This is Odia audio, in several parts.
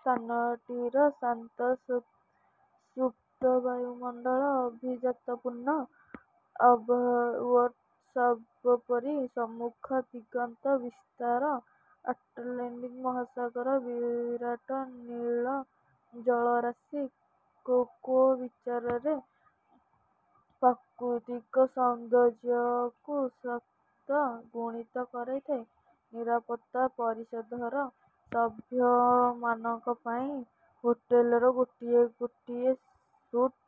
ସ୍ଥାନଟିର ଶାନ୍ତ ସୁପ୍ତ ବାୟୁମଣ୍ଡଳ ଆଭିଜାତପୂର୍ଣ୍ଣ ଆବହୱାଓ ସର୍ବୋପରି ସମ୍ମୁଖରେ ଦିଗନ୍ତ ବାସ୍ତାର ଆଟଲାଣ୍ଟିକ ମହାସାଗରର ବିରାଟ ନୀଳ ଜଳରାଶି କୋକୋ ବିଚାରରେ ପ୍ରାକୃତିକ ସୌନ୍ଦର୍ଯ୍ୟକୁ ଶତ ଗୁଣିତ କରୁଥାଏ। ନିରାପତ୍ତା ପରିଷଦର ସଭ୍ୟମାନଙ୍କ ପାଇଁ ହୋଟେଲର ଗୋଟିଏ ଗୋଟିଏ ସୁଟ୍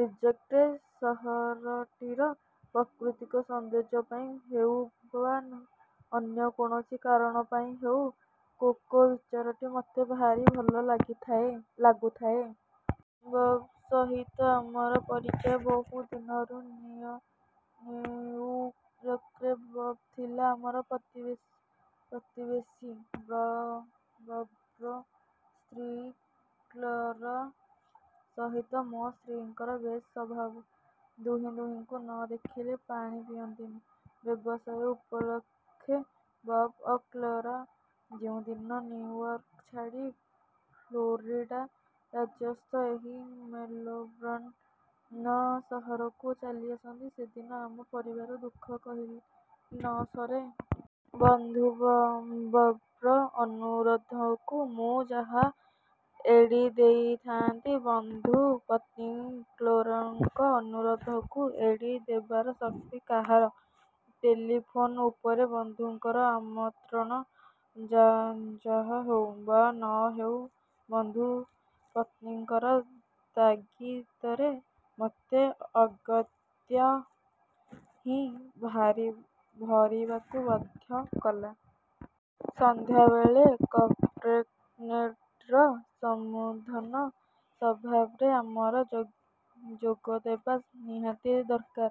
ରିଜେକ୍ଟ। ସହରଟିର ପ୍ରାକୃତିକ ସୌନ୍ଦର୍ଯ୍ୟ ପାଇଁ ହେଉ ବା ଅନ୍ୟ କୌଣସି କାରଣ ପାଇଁ ହେଉ କୋକୋ ବିଚଟି ମୋତେ ଭାରି ଭଲ ଲାଗିଥାଏ ଲାଗୁଥାଏ। ବବ୍ ସହିତ ଆମର ପରିଚୟ ବହୁ ଦିନରୁ। ନିଉୟର୍କରେ ବବ୍ ଥିଲା ଆମର ପ୍ରତିବେଶୀ। ବବ୍ର ସ୍ତ୍ରୀ କ୍ଳାରା ସହିତ ମୋ ସ୍ତ୍ରୀଙ୍କର ବେଶ ସଭାବ। ଦୁହେଁ ଦୁହିଁଙ୍କୁ ନ ଦେଖିଲେ ପାଣି ପିଅନ୍ତିନି। ବ୍ୟବସାୟ ଉପଲକ୍ଷେ ବବ୍ ଓ କ୍ଳାରା ଯେଉଁ ଦିନ ନିଉୟର୍କ ଛାଡ଼ି ଫ୍ଳୋରିଡ଼ା ରାଜ୍ୟସ୍ଥ ଏହି ମେଲବୋର୍ଣ୍ଣ ସହରକୁ ଚାଲିଆସନ୍ତି, ସେଦିନ ଆମ ପରିବାରର ଦୁଃଖ କହିଲେ ନ ସରେ। ବନ୍ଧୁ ବବ୍ର ଅନୁରୋଧକୁ ମୁଁ ଯାହା ଏଡ଼ି ଦେଇଥାନ୍ତି ବନ୍ଧୁ ପତ୍ନୀ କ୍ଳାରାଙ୍କର ଅନୁରୋଧକୁ ଏଡ଼ି ଦେବାର ଶକ୍ତି କାହାର? ଟେଲିଫୋନ ଉପରେ ବନ୍ଧୁଙ୍କର ଆମତ୍ରଣ ଯାହାହଉ ବା ନ ହେଉ ବନ୍ଧୁ ପତ୍ନୀଙ୍କର ତାଗି ଦରେ ମୋତେ ଅଗତ୍ୟା ହିଁ ଭାରି ଭରିବାକୁ ବାଧ୍ୟ କଲା। ସନ୍ଧ୍ୟାବେଳେ କେପକେନେଡ଼ିର ସମ୍ବର୍ଦ୍ଧନା ସଭାରେ ଆମର ଯୋଗଦେବା ନିହାତି ଦରକାର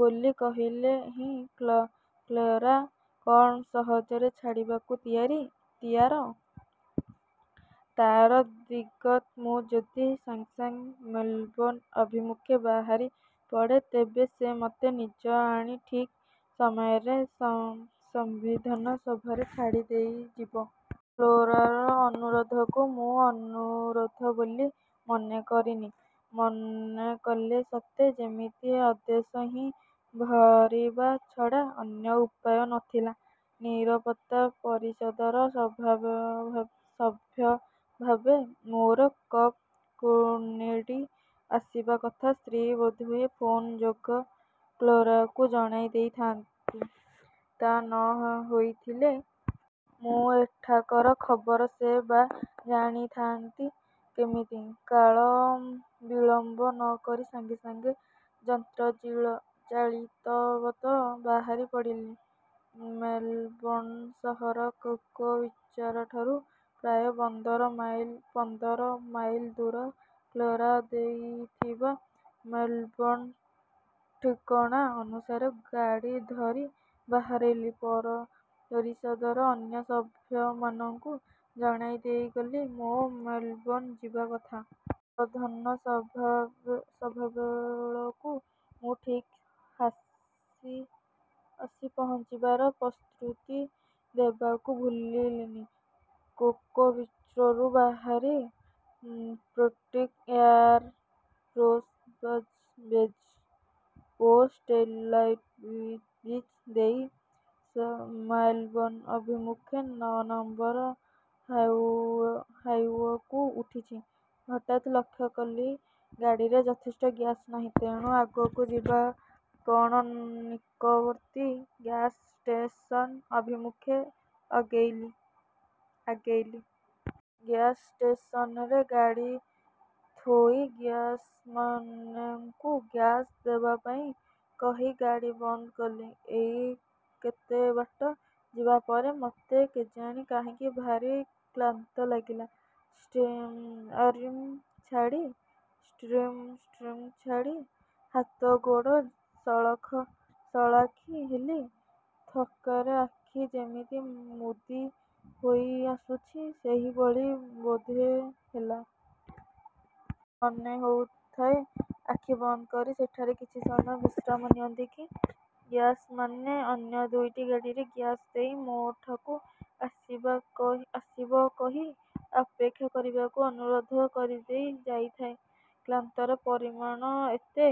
ବୋଲି କହିଲେ ହିଁ କ୍ଳାରା କ'ଣ ସହଜରେ ଛାଡ଼ିବାକୁ ତିଆର? ତାର ତାଗିଦ୍ ମୁଁ ଯଦି ସଙ୍ଗେ ସଙ୍ଗ ମେଲବୋର୍ଣ୍ଣ ଅଭିମୁଖେ ବାହାରି ପଡ଼େ। ତେବେ ସେ ମୋତେ ନିଜେ ଆଣି ଠିକ୍ ସମୟରେ ସମ୍ୱିର୍ଦ୍ଧନା ସଭାରେ ଛାଡ଼ି ଦେଇଯିବ। କ୍ଲୋରାର ଅନୁରୋଧକୁ ମୁଁ ଅନୁରୋଧ ବୋଲି ମନେକରେନି ମନେକଲେ ସତେ ଯେମିତି ଆଦେଶ। ହଁ ଭରିବା ଛଡ଼ା ଅନ୍ୟ ଉପାୟ ନ ଥିଲା। ନିରାପତ୍ତା ପରିଷଦର ସଭ୍ୟଭାବରେ ମୋର କେପ୍-କନେଡ଼ି ଆସିବା କଥା ସ୍ତ୍ରୀ ବୋଧହୁଏ ଫୋନ ଯୋଗେ କ୍ଲୋରାକୁ ଜଣାଇ ଦେଇଥାନ୍ତି, ତା ନ ହୋଇଥିଲେ। ମୋ ଏଠାକାର ଖବର ସେ ବା ଜାଣିଥାନ୍ତି କେମିତି? କାଳ ବିଳମ୍ବ ନ କରି ସଙ୍ଗେ ସଙ୍ଗେ ଯନ୍ତ୍ରଚାଳିତବତ୍ ବାହାରି ପଡ଼ିଲି। ମେଲବୋର୍ଣ୍ଣ ସହର କୋକୋ ବିଚାରଠାରୁ ପ୍ରାୟ ପନ୍ଦର ମାଇଲ ଦୂର। କ୍ଳାରା ଦେଇଥିବା ମେଲବୋର୍ଣ୍ଣ ଠିକଣା ଅନୁସାରେ ଗାଡ଼ି ଧରି ବାହାରିଲି। ପରିଷଦର ଅନ୍ୟ ସଭ୍ୟମାନଙ୍କୁ ଜଣାଇ ଦେଇଗଲି ମୋ ମେଲବୋର୍ଣ୍ଣ ଯିବା କଥା। ସମ୍ବର୍ଦ୍ଧନା ସଭାବେଳକୁ ମୁଁ ଠିକ୍ ଆସି ପହଞ୍ଚିବାର ପ୍ରତିଶ୍ରୁତି ଦେବାକୁ ଭୁଲିଲିନି। କୋକୋ ବିଚ୍ରୁ ବାହାରି ପେଟିକ୍ ଏୟାର ଫୋର୍ସ ବେଜ ଓ ସେଟିଲାଇଟ ବିଚ୍ ଦେଇ ମେଲବୋର୍ଣ୍ଣ ଅଭିମୁଖେ ୯ନମ୍ବର ହାଇୱେକୁ ଉଠୁଛି, ହଠାତ୍ ଲକ୍ଷ୍ୟକଲି ଗାଡ଼ିରେ ଯଥେଷ୍ଟ ଗ୍ୟାସ ନାହିଁ। ତେଣୁ ଆଗକୁ ଯିବି କଅଣ ନିକବର୍ତ୍ତୀ ଗ୍ୟାସ୍ ଷ୍ଟେସନ ଅଭିମୁଖେ ଆଗେଇଲି। ଗ୍ୟାସଷ୍ଟେସନରେ ଗାଡ଼ି ଥୋଇ ଗ୍ୟାସମେନକୁ ଗ୍ୟାସ ଦେବା ପାଇଁ କହି ଗାଡ଼ି ବନ୍ଦ କଲି। ଏଇ କେତେ ବାଟ ଯିବା ପରେ ମୋତେ କେଜାଣି କାହିଁକି ଭାରି କ୍ଳାନ୍ତ ଲାଗିଲା। ଷ୍ଟିଅରିଂ ଛାଡ଼ି ହାତଗୋଡ଼ ସଳଖି ହେଲି। ଥକ୍କାରେ ଆଖି ଯେମିତି ମୁଦି ହୋଇଆସୁଛି ସେହିଭଳି ବୋଧହେଲା । ମନେ ହେଉଥାଏ, ଆଖି ବନ୍ଦ କରି ସେଠାରେ କିଛି ସମୟ ବିଶ୍ରାମ ନିଅନ୍ତି କି। ଗ୍ୟାସମେନ ଅନ୍ୟ ଦୁଇଟି ଗାଡ଼ିରେ ଗ୍ୟାସ ଦେଇ ମୋଠାକୁ ଆସିବା କହି ଆସିବ କହି ଅପେକ୍ଷା କରିବାକୁ ଅନୁରୋଧ କରିଦେଇ ଯାଇଥାଏ। କ୍ଳାନ୍ତିର ପରିମାଣ ଏତେ